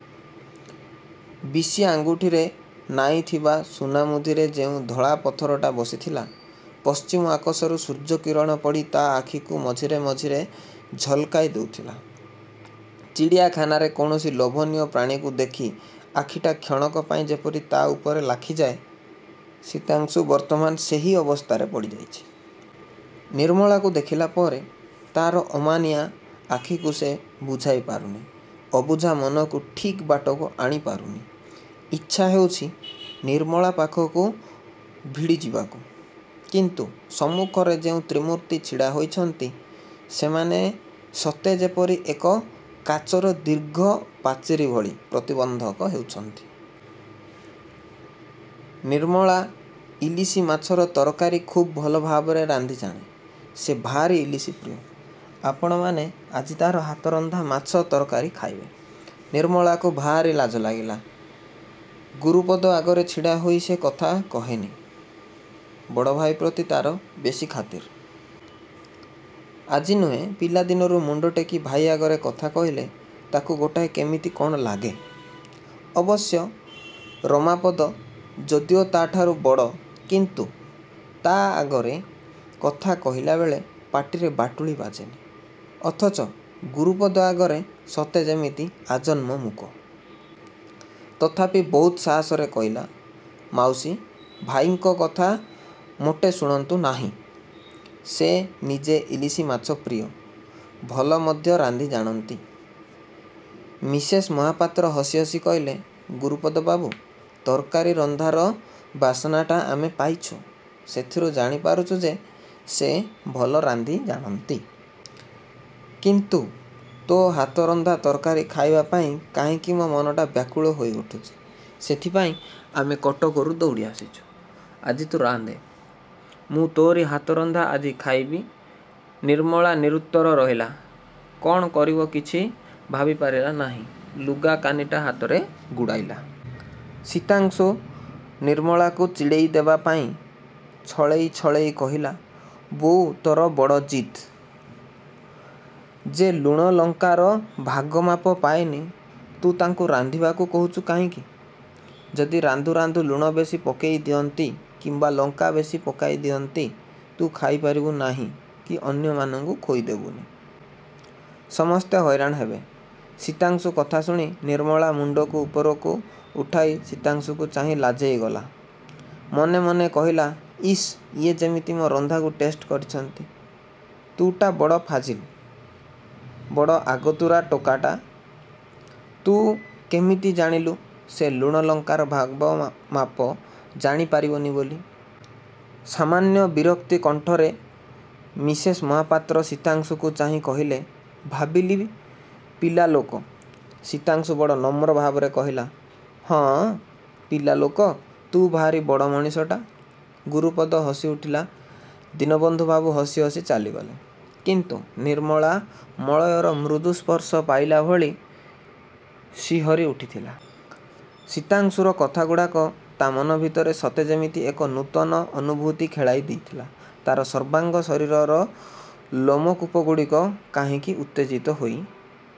ବିଶି ଆଙ୍ଗୁଠିରେ ନାଇଥିବା ସୁନାମୁଦିରେ ଯେଉଁ ଧଳାପଥରଟା ବସିଥିଲା, ପଶ୍ଚିମ ଆକାଶରୁ ସୂର୍ଯ୍ୟକିରଣ ପଡ଼ି ତା' ଆଖିକୁ ମଝିରେ ମଝିରେ ଝଲକାଇ ଦେଉଥିଲା। ଚିଡ଼ିଆଖାନାରେ କୌଣସି ଲୋଭନୀୟ ପ୍ରାଣୀକୁ ଦେଖି ଆଖିଟା କ୍ଷଣକ ପାଇଁ ଯେପରି ତା' ଉପରେ ଲାଖିଯାଏ, ଶୀତାଂଶୁ ବର୍ତ୍ତମାନ୍ ସେହି ଅବସ୍ଥାରେ ପଡ଼ିଯାଇଛି। ନିର୍ମଳାକୁ ଦେଖିଲା ପରେ ତା'ର ଅମାନିଆ ଆଖିକୁ ସେ ବୁଝାଇ ପାରୁନି। ଅବୁଝା ମନକୁ ଠିକ୍ ବାଟକୁ ଆଣିପାରୁନି। ଇଚ୍ଛା ହେଉଛି ନିର୍ମଳା ପାଖକୁ ଭିଡ଼ିଯିବାକୁ। କିନ୍ତୁ ସମ୍ମୁଖରେ ଯେଉଁ ତ୍ରିମୂର୍ତ୍ତି ଛିଡ଼ା ହୋଇଛନ୍ତି, ସେମାନେ ସତେ ଯେପରି ଏକ କାଚର ଦୀର୍ଘ ପାଚେରୀଭଳି ପ୍ରତିବନ୍ଧକ ହେଉଛନ୍ତି। ନିର୍ମଳା ଇଲିସି ମାଛର ତରକାରୀ ଖୁବ୍ ଭଲ ଭାବରେ ରାନ୍ଧି ଜାଣେ। ସେ ଭାରି ଇଲିସି ପ୍ରିୟ, ଆପଣମାନେ ଆଜି ତା'ର ହାତରନ୍ଧା ମାଛ ତରକାରୀ ଖାଇବେ। ନିର୍ମଳାକୁ ଭାରି ଲାଜ ଲାଗିଲା, ଗୁରୁପଦ ଆଗରେ ଛିଡ଼ା ହୋଇ ସେ କଥା କହେନି। ବଡ଼ଭାଇ ପ୍ରତି ତା'ର ବେଶି ଖାତିରି। ଆଜି ନୁହେଁ ପିଲାଦିନରୁ ମୁଣ୍ଡଟେକି ଭାଇ ଆଗରେ କଥା କହିଲେ ତା'କୁ ଗୋଟାଏ କେମିତି କ'ଣ ଲାଗେ? ଅବଶ୍ୟ ରମାପଦ ଯଦିଓ ତା'ଠାରୁ ବଡ଼, କିନ୍ତୁ ତା' ଆଗରେ କଥା କହିଲାବେଳେ ପାଟିରେ ବାଟୁଳି ବାଜେନି। ଅଥଚ ଗୁରୁପଦ ଆଗରେ ସତେ ଯେମିତି ଆଜନ୍ମ ମୁକ। ତଥାପି ବହୁତ ସାହସରେ କହିଲା, ମାଉସୀ, ଭାଇଙ୍କ କଥା ମୋଟେ ଶୁଣନ୍ତୁ ନାହିଁ। ସେ ନିଜେ ଇଲିସି ମାଛ ପ୍ରିୟ, ଭଲ ମଧ୍ୟ ରାନ୍ଧି ଜାଣନ୍ତି। ମିସେସ୍ ମହାପାତ୍ର ହସି ହସି କହିଲେ, ଗୁରୁପଦ ବାବୁ ତରକାରୀ ରନ୍ଧାର ବାସନାଟା ଆମେ ପାଇଛୁ। ସେଥିରୁ ଜାଣିପାରିଛୁ ଯେ ସେ ଭଲ ରାନ୍ଧି ଜାଣନ୍ତି। କିନ୍ତୁ ତୋ ହାତରନ୍ଧା ତରକାରୀ ଖାଇବା ପାଇଁ କାହିଁକି ମୋ ମନଟା ବ୍ୟାକୁଳ ହୋଇଉଠୁଛି ସେଥିପାଇଁ ଆମେ କଟକରୁ ଦୌଡ଼ି ଆସିଛୁ। ଆଜି ତୁ ରାନ୍ଧେ। ମୁଁ ତୋରି ହାତରନ୍ଧା ଆଜି ଖାଇବି। ନିର୍ମଳା ନିରୁତ୍ତର ରହିଲା। କ'ଣ କରିବ କିଛି ଭାବିପାରିଲା ନାହିଁ। ଲୁଗାକାନିଟା ହାତରେ ଗୁଡ଼ାଇଲା। ଶୀତାଂଶୁ ନିର୍ମଳାକୁ ଚିଡ଼େଇ ଦେବା ପାଇଁ ଛଳେଇ ଛଳେଇ କହିଲା, ବୋଉ ତୋର ବଡ଼ ଜିଦ୍। ଯେ ଲୁଣ ଲଙ୍କାର ଭାଗମାପ ପାଏନି, ତୁ ତାଙ୍କୁ ରାନ୍ଧିବାକୁ କହୁଛୁ କାହିଁକି? ଯଦି ରାନ୍ଧୁ ରାନ୍ଧୁ ଲୁଣ ବେଶି ପକାଇ ଦିଅନ୍ତି କିମ୍ୱା ଲଙ୍କା ବେଶି ପକାଇ ଦିଅନ୍ତି, ତୁ ଖାଇପାରିବୁ ନାହିଁ କି ଅନ୍ୟମାନଙ୍କୁ ଖୋଇ ଦେବୁନି। ସମସ୍ତେ ହଇରାଣ ହେବେ। ଶୀତାଂଶୁ କଥା ଶୁଣି ନିର୍ମଳା ମୁଣ୍ଡକୁ ଉପରକୁ ଉଠାଇ ଶୀତାଂଶୁକୁ ଚାହିଁ ଲାଜେଇ ଗଲା। ମନେ ମନେ କହିଲା, ଇସ୍ ଇଏ ଯିମିତି ମୋ ରନ୍ଧାକୁ ଟେଷ୍ଟ କରିଛନ୍ତି। ତୁ ଟା ବଡ଼ ଫାଜିଲ୍। ବଡ଼ ଆଗତୁରା ଟୋକାଟା। ତୁ କେମିତି ଜାଣିଲୁ ସେ ଲୁଣ ଲଙ୍କାର ଭାଗ ମାପ ଜାଣି ପାରିବନି ବୋଲି? ସାମାନ୍ୟ ବିରକ୍ତି କଣ୍ଠରେ ମିସେସ୍ ମହାପାତ୍ର ଶୀତାଂଶୁକୁ ଚାହିଁ କହିଲେ। ଭାବିଲି ପିଲାଲୋକ। ଶୀତାଂଶୁ ବଡ଼ ନମ୍ର ଭାବରେ କହିଲା। ଉଁ ପିଲାଲୋକ ତୁ ଭାରି ବଡ଼ ମଣିଷଟା। ଗୁରୁପଦ ହସି ଉଠିଲା ଦୀନବନ୍ଧୁ ବାବୁ ହସି ହସି ଚାଲିଗଲେ। କିନ୍ତୁ ନିର୍ମଳା ମଳୟର ମୃଦୁ ସ୍ପର୍ଶ ପାଇଲା ଭଳି ଶିହରୀ ଉଠିଥିଲା। ଶୀତାଂଶୁର କଥାଗୁଡ଼ାକ ତା' ମନ ଭିତରେ ସତେ ଯେପରି ଏକ ନୂତନ ଅନୁଭୂତି ଖେଳାଇ ଦେଉଥିଲା। ତା'ର ସର୍ବାଙ୍ଗ ଶରୀରର ଲୋମକୂପଗୁଡ଼ିକ କାହିଁକି ଉତ୍ତେଜିତ ହୋଇ